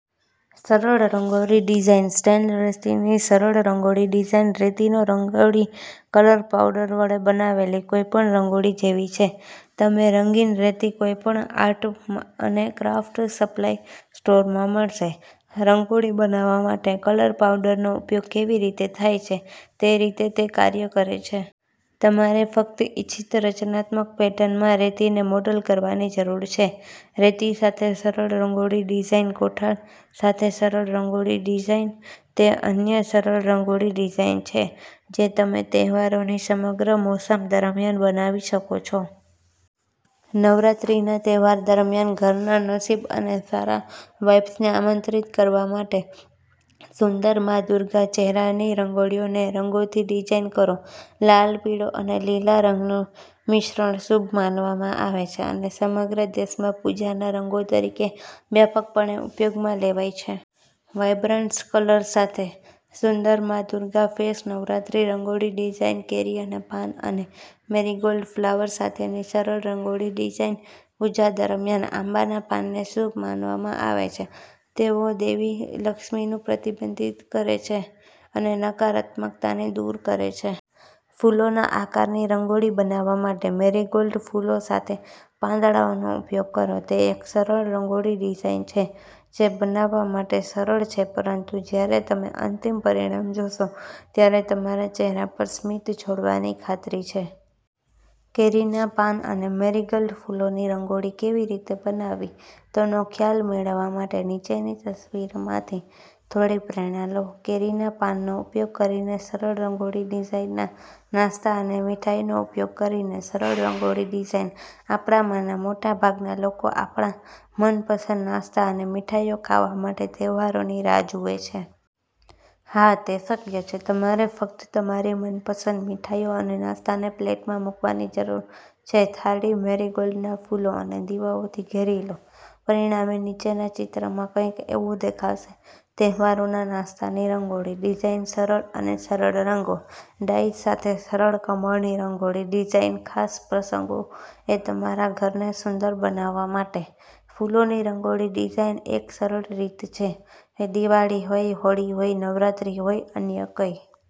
સરળ રંગોળી ડિઝાઇનસ્ટેન્સિલરેતીની સરળ રંગોળી ડિઝાઇન રેતીની રંગોળી કલર પાવડર વડે બનાવેલી કોઈપણ રંગોળી જેવીછે. તમનેરંગીન રેતી કોઈપણ આર્ટ અને ક્રાફ્ટ સપ્લાય સ્ટોરમાં મળશે. રંગોળી બનાવવા માટે કલર પાવડરનો ઉપયોગ કેવી રીતે થાય છે તેરીતે તે કાર્ય કરે છે. તમારે ફક્ત ઇચ્છિત રચનાત્મક પેટર્નમાં રેતીને મોડલ કરવાની જરૂર છે. રેતી સાથે સરળ રંગોળી ડિઝાઇન કોઠળ સાથે સરળ રંગોળી ડિઝાઇન તે અન્ય સરળ રંગોળી ડિઝાઇન છે જે તમે તહેવારોની સમગ્ર મોસમ દરમિયાન બનાવી શકો છો. નવરાત્રીના તહેવાર દરમિયાન ઘરના નસીબ અને સારા વાઇબ્સને આમંત્રિત કરવા માટેસુંદર મા દુર્ગા ચહેરાની રંગોળીને રંગોથી ડિઝાઇન કરો. લાલ, પીળો અને લીલા રંગનું મિશ્રણ શુભ માનવામાં આવે છે અને સમગ્ર દેશમાં પૂજાના રંગો તરીકે વ્યાપકપણે ઉપયોગમાં લેવાય છે. વાઇબ્રન્ટ કલર્સ સાથે સુંદર મા દુર્ગા ફેસ નવરાત્રી રંગોળી ડિઝાઇનકેરીના પાન અને મેરીગોલ્ડ ફ્લાવર્સ સાથેની સરળ રંગોળી ડિઝાઇન પૂજા દરમિયાન આંબાના પાનને શુભ માનવામાં આવે છે. તેઓ દેવી લક્ષ્મીનું પ્રતિનિધિત્વ કરે છે અને નકારાત્મકતાને દૂર કરે છે. ફૂલોના આકારની રંગોળી બનાવવા માટે મેરીગોલ્ડ ફૂલો સાથેપાંદડાઓનો ઉપયોગ કરો. તે એક સરળ રંગોળી ડિઝાઇન છે જે બનાવવા માટે સરળ છે પરંતુ જ્યારે તમે અંતિમ પરિણામ જોશો ત્યારે તમારા ચહેરા પર સ્મિત છોડવાની ખાતરી છે. કેરીના પાન અને મેરીગોલ્ડ ફૂલોની રંગોળી કેવી રીતે બનાવવી તેનો ખ્યાલ મેળવવા માટે નીચેની તસવીરમાંથી થોડી પ્રેરણા લો. કેરીના પાનનો ઉપયોગ કરીને સરળ રંગોળી ડિઝાઇનનાસ્તા અને મીઠાઈઓનો ઉપયોગ કરીને સરળ રંગોળી ડિઝાઇન આપણામાંના મોટા ભાગના લોકો આપણા મનપસંદ નાસ્તા અને મીઠાઈઓ ખાવા માટે તહેવારોની રાહ જુએ છે. હા, તે શક્ય છે. તમારે ફક્ત તમારી મનપસંદ મીઠાઈઓ અને નાસ્તાને પ્લેટમાં મૂકવાની જરૂર છે. થાળીને મેરીગોલ્ડના ફૂલો અને દીવાઓથી ઘેરી લો. પરિણામ નીચેના ચિત્રમાં કંઈક એવું દેખાશે. તહેવારોના નાસ્તાની રંગોળી ડિઝાઇનસરળ અને સરળરંગો અને ડાયસ સાથે સરળ કમળની રંગોળી ડિઝાઇન ખાસ પ્રસંગોએ તમારા ઘરને સુંદર બનાવવા માટે ફૂલોની રંગોળી ડિઝાઇનએક સરળ રીત છે. દિવાળી હોય, હોળી હોય, નવરાત્રી હોય, અન્ય કોઈ